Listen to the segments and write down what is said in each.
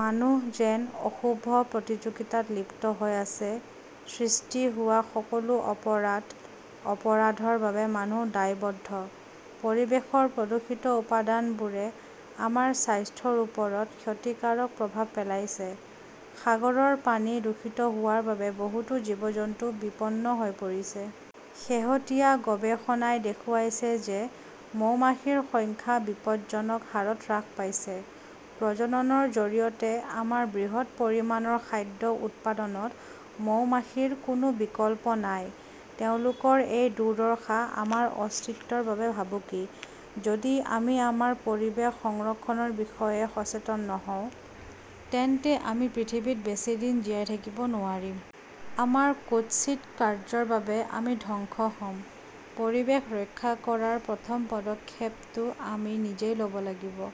মানুহ যেন অশুভ প্ৰতিযোগিতাত লিপ্ত হৈ আছে। সৃষ্টি হোৱা সকলো অপৰাধ, অপৰাধৰ বাবে মানুহ দায়বদ্ধ। পৰিৱেশৰ প্ৰদূষিত উপাদানবোৰে আমাৰ স্বাস্থ্যৰ ওপৰত ক্ষতিকাৰক প্ৰভাৱ পেলাইছে। সাগৰৰ পানী দূষিত হোৱাৰ বাবে বহুতো জীৱ-জন্তু বিপন্ন হৈ পৰিছে। শেহতীয়া গৱেষণাই দেখুৱাইছে যে মৌমাখিৰ সংখ্যা বিপদজনক হাৰত হ্ৰাস পাইছে। প্ৰজননৰ জৰিয়তে আমাৰ বৃহৎ পৰিমাণৰ খাদ্য উৎপাদনত মৌমাখিৰ কোনো বিকল্প নাই। তেওঁলোকৰ এই দুৰ্দশা আমাৰ অস্তিত্বৰ বাবে ভাবুকি। যদি আমি আমাৰ পৰিৱেশ সংৰক্ষণৰ বিষয়ে সচেতন নহওঁ তেন্তে আমি পৃথিৱীত বেছি দিন জীয়াই থাকিব নোৱাৰিম। আমাৰ কুৎসিত কাৰ্য্যৰ বাবে আমি ধ্বংস হ'ম। পৰিৱেশ ৰক্ষা কৰাৰ প্ৰথম পদক্ষেপটো আমি নিজেই ল'ব লাগিব।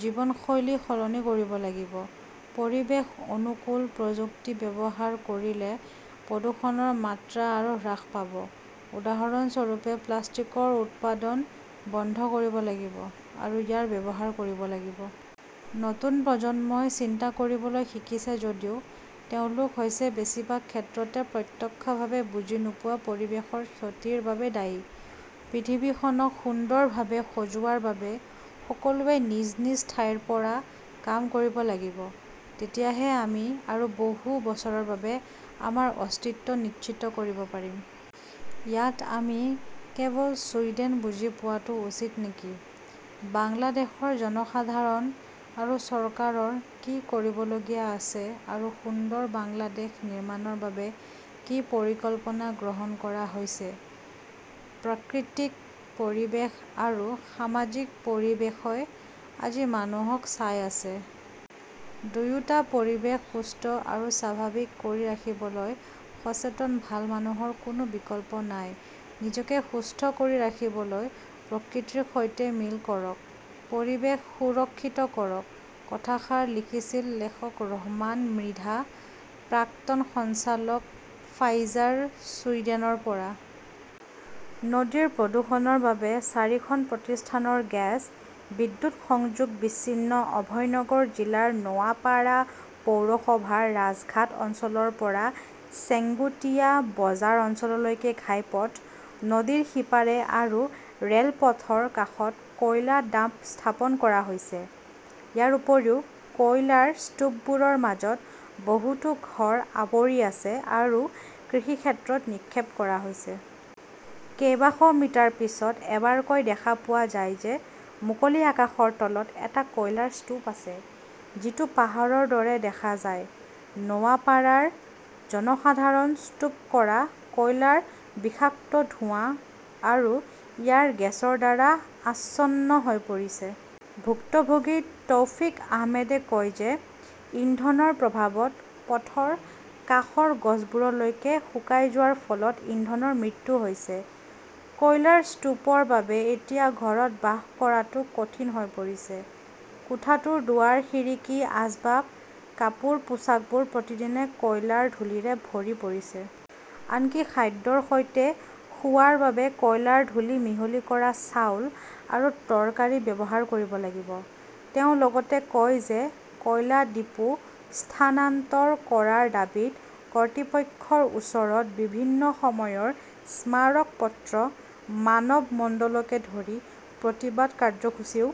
জীৱনশৈলী সলনি কৰিব লাগিব। পৰিৱেশ অনুকূল প্ৰযুক্তি ব্যৱহাৰ কৰিলে প্ৰদূষণৰ মাত্ৰা আৰু হ্ৰাস পাব। উদাহৰণস্বৰূপে, প্লাষ্টিকৰ উৎপাদন বন্ধ কৰিব লাগিব আৰু ইয়াৰ ব্যৱহাৰ কৰিব লাগিব। নতুন প্ৰজন্মই চিন্তা কৰিবলৈ শিকিছে যদিও তেওঁলোক হৈছে বেছিভাগ ক্ষেত্ৰতে প্ৰত্যক্ষভাৱে বুজি নোপোৱা পৰিৱেশৰ ক্ষতিৰ বাবে দায়ী। পৃথিৱীখনক সুন্দৰভাৱে সজোৱাৰ বাবে সকলোৱে নিজ নিজ ঠাইৰ পৰা কাম কৰিব লাগিব। তেতিয়াহে আমি আৰু বহু বছৰৰ বাবে আমাৰ অস্তিত্ব নিশ্চিত কৰিব পাৰিম। ইয়াত আমি কেৱল ছুইডেন বুজি পোৱাটো উচিত নেকি? বাংলাদেশৰ জনসাধাৰণ আৰু চৰকাৰৰ কি কৰিবলগীয়া আছে আৰু সুন্দৰ বাংলাদেশ নিৰ্মাণৰ বাবে কি পৰিকল্পনা গ্ৰহণ কৰা হৈছে? প্ৰাকৃতিক পৰিৱেশ আৰু সামাজিক পৰিৱেশই আজি মানুহক চাই আছে। দুয়োটা পৰিৱেশ সুস্থ আৰু স্বাভাৱিক কৰি ৰাখিবলৈ সচেতন ভাল মানুহৰ কোনো বিকল্প নাই। নিজকে সুস্থ কৰি ৰাখিবলৈ প্ৰকৃতিৰ সৈতে মিল কৰক, পৰিৱেশ সুৰক্ষিত কৰক- কথাষাৰ লিখিছিল লেখক ৰহমান মৃধা, প্ৰাক্তন সঞ্চালক ফাইজাৰ, ছুইডেনৰ পৰা । নদীৰ প্ৰদূষণৰ বাবে চাৰিখন প্ৰতিষ্ঠানৰ গেছ, বিদ্যুৎ সংযোগ বিচ্ছিন্ন অভয়নগৰ জিলাৰ নৱাপাৰা পৌৰসভাৰ ৰাজঘাট অঞ্চলৰ পৰা চেঙ্গুটিয়া বজাৰ অঞ্চললৈকে ঘাইপথ, নদীৰ সিপাৰে আৰু ৰেলপথৰ কাষত কয়লা ডাম্প স্থাপন কৰা হৈছে। ইয়াৰ উপৰিও, কয়লাৰ স্তূপবোৰৰ মাজত বহুতো ঘৰ আৱৰি আছে আৰু কৃষিক্ষেত্ৰত নিক্ষেপ কৰা হৈছে। কেইবাশ মিটাৰ পিছত এবাৰকৈ দেখা পোৱা যায় যে মুকলি আকাশৰ তলত এটা কয়লাৰ স্তূপ আছে। যিটো পাহাৰৰ দৰে দেখা যায়। নৱাপাড়াৰ জনসাধাৰণ স্তূপ কৰা কয়লাৰ বিষাক্ত ধোঁৱা আৰু ইয়াৰ গেছৰ দ্বাৰা আচ্ছন্ন হৈ পৰিছে। ভুক্তভোগী তৌফিক আহমেদে কয় যে ইন্ধনৰ প্ৰভাৱত পথৰ কাষৰ গছবোৰলৈকে শুকাই যোৱাৰ ফলত ইন্ধনৰ মৃত্যু হৈছে। কয়লাৰ স্তূপৰ বাবে এতিয়া ঘৰত বাস কৰাটো কঠিন হৈ পৰিছে। কোঠাটোৰ দুৱাৰ-খিৰিকী আচবাব, কাপোৰ পোচাকবোৰ প্ৰতিদিনে কয়লাৰ ধূলিৰে ভৰি পৰিছে। আনকি খাদ্যৰ সৈতে খোৱাৰ বাবে কয়লাৰ ধূলি মিহলি কৰা চাউল আৰু তৰকাৰী ব্যৱহাৰ কৰিব লাগিব। তেওঁ লগতে কয় যে কয়লা ডিপো স্থানান্তৰ কৰাৰ দাবীত কৰ্তৃপক্ষৰ ওচৰত বিভিন্ন সময়ৰ স্মাৰক পত্ৰ, মানৱমণ্ডলকে ধৰি প্ৰতিবাদ কাৰ্যসূচীও